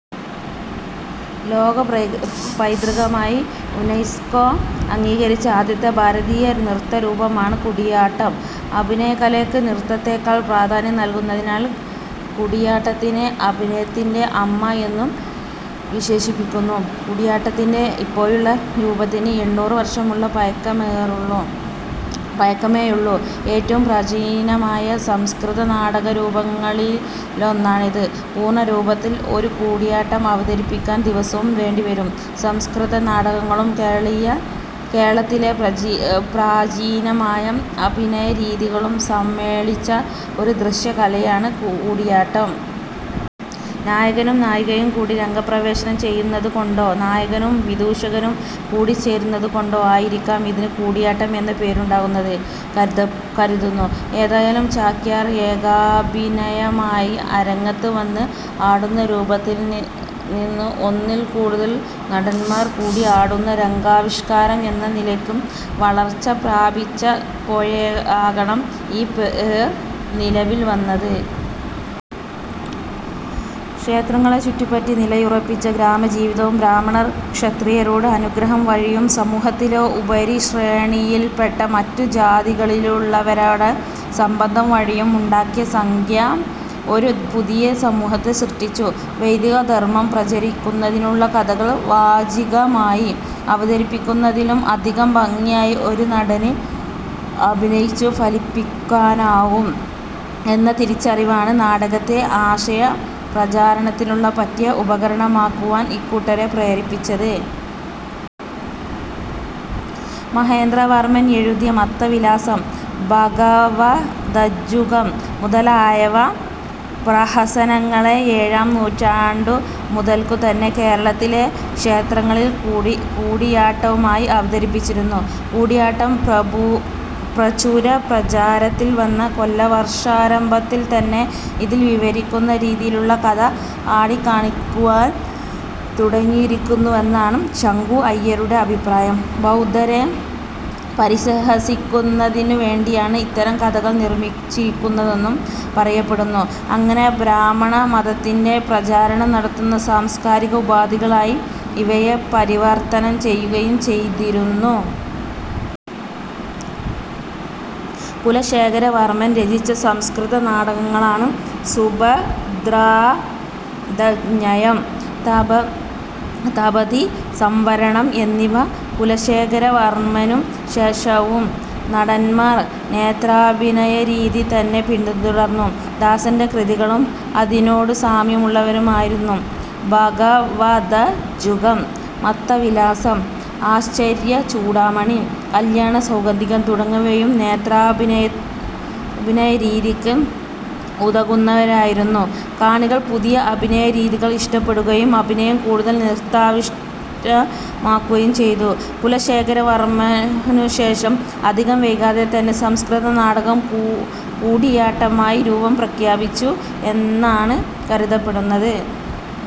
ലോകപൈതൃകമായി UNESCO അംഗീകരിച്ച ആദ്യത്തെ ഭാരതീയ നൃത്തരൂപമാണ് കൂടിയാട്ടം. അഭിനയകലയ്ക്ക് നൃത്തത്തേക്കാൾ പ്രാധാന്യം നൽകുന്നതിനാൽ കൂടിയാട്ടത്തിനെ "അഭിനയത്തിന്റെ അമ്മ" എന്നും വിശേഷിപ്പിക്കുന്നു. കൂടിയാട്ടത്തിന്റെ ഇപ്പോഴുള്ള രൂപത്തിന് എണ്ണൂറ് വർഷങ്ങളുടെ പഴക്കമേയുള്ളു. ഏറ്റവും പ്രാചീനമായ സംസ്കൃതനാടകരൂപങ്ങളിലൊന്നാണിത്. പൂർണരൂപത്തിൽ ഒരു കൂടിയാട്ടം അവതരിപ്പിക്കാൻ ദിവസം വേണ്ടിവരും. സംസ്കൃത നാടകങ്ങളും കേരളത്തിലെ പ്രാചീനമായ അഭിനയരീതികളും സമ്മേളിച്ച ഒരു ദൃശ്യകലയാണ് കൂടിയാട്ടം. നായകനും നായികയും കൂടി രംഗപ്രവേശം ചെയ്യുന്നതുകൊണ്ടോ നായകനും വിദൂഷകനും കൂടിച്ചേരുന്നതുകൊണ്ടോ ആയിരിക്കാം ഇതിന് കൂടിയാട്ടം എന്ന പേരുണ്ടായതെന്ന് കരുതുന്നു. ഏതായാലും ചാക്യാർ ഏകാഭിനയമായി അരങ്ങത്ത് വന്ന് ആടുന്ന രൂപത്തിൽനിന്ന് ഒന്നിൽ കൂടുതൽ നടന്മാർ കൂടി ആടുന്ന രംഗാവിഷ്കാരം എന്ന നിലക്കു വളർച്ച പ്രാപിച്ചപ്പോഴാകണം ഈ പേർ നിലവിൽ വന്നത്. ക്ഷേത്രങ്ങളെ ചുറ്റിപ്പറ്റി നിലയുറപ്പിച്ച ഗ്രാമജീവിതവും, ബ്രാഹ്മണർ ക്ഷത്രിയരോട് അനുഗ്രഹം വഴിയും, സമൂഹത്തിലെ ഉപരിശ്രേണിയിൽപ്പെട്ട മറ്റു ജാതികളിലുള്ളവരോട് സംബന്ധം വഴിയും ഉണ്ടാക്കിയ സഖ്യം ഒരു പുതിയ സമൂഹത്തെ സൃഷ്ടിച്ചു. വൈദികധർമ്മം പ്രചരിപ്പിക്കുന്നതിനുള്ള കഥകൾ വാചികമായി അവതരിപ്പിക്കുന്നതിലും അധികം ഭംഗിയായി ഒരു നടന് അഭിനയിച്ചു ഫലിപ്പിക്കുവാനാകും എന്ന തിരിച്ചറിവാണ് നാടകത്തെ ആശയപ്രചാരണത്തിനുള്ള പറ്റിയ ഉപകരണമാക്കുവാൻ ഇക്കൂട്ടരെ പ്രേരിപ്പിച്ചത്.. മഹേന്ദ്രവർമ്മൻ എഴുതിയ മത്തവിലാസം, ഭഗവദജ്ജുകം മുതലായ പ്രഹസനങ്ങളെ ഏഴാം നൂറ്റാണ്ടു മുതൽക്കുതന്നെ കേരളത്തിലെ ക്ഷേത്രങ്ങളിൽ കൂടിയാട്ടമായി അവതരിപ്പിച്ചിരുന്നു. കൂടിയാട്ടം പ്രചുരപ്രചാരത്തിൽ വന്ന കൊല്ലവർഷാരംഭത്തിൽതന്നെ ഇതിൽ വിവരിക്കുന്ന രീതിയിലുള്ള കഥ ആടിക്കാണിക്കുവാൻ തുടങ്ങിയിരുന്നുവെന്നാണ് ശങ്കുഅയ്യരുടെ അഭിപ്രായം. ബൗദ്ധരെ പരിഹസിക്കുന്നതിനു വേണ്ടിയാണ് ഇത്തരം കഥകൾ നിർമ്മിച്ചിരുന്നതെന്നും പറയപ്പെടുന്നു. അങ്ങനെ ബ്രാഹ്മണമതത്തിൻറെ പ്രചാരണം നടത്തുന്ന സാംസ്കാരിക ഉപാധികളായി ഇവയെ പരിവർത്തനം ചെയ്യുകയും ചെയ്തിരുന്നു. കുലശേഖരവർമ്മൻ രചിച്ച സംസ്കൃത നാടകങ്ങളാണ് സുഭദ്രാധഞ്ജയം, തപതിസംവരണംഎന്നിവ. കുലശേഖരവർമ്മനു ശേഷവും നടന്മാർ നേത്രാഭിനയരീതി തന്നെ പിന്തുടർന്നു. ഭാസന്റെ കൃതികളും, അതിനോടു സാമ്യമുള്ളവയായിരുന്ന "ഭഗവദജ്ജുകം", "മത്തവിലാസം", "ആശ്ചര്യചൂഡാമണി", "കല്ല്യാണസൗഗന്ധികം" തുടങ്ങിയവയും നേത്രാഭിനയരീതിക്ക് ഉതകുന്നവയായിരുന്നു. കാണികൾ പുതിയ അഭിനയരീതികൾ ഇഷ്ടപ്പെടുകയും അഭിനയം കൂടുതൽ നൃത്താധിഷ്ഠിതമാവുകയും ചെയ്തു. കുലശേഖരവർമ്മനുശേഷം അധികം വൈകാതെതന്നെ സംസ്കൃതനാടകം കൂടിയാട്ടമായി രൂപം പ്രാപിച്ചു എന്നാണ് കരുതപ്പെടുന്നത്.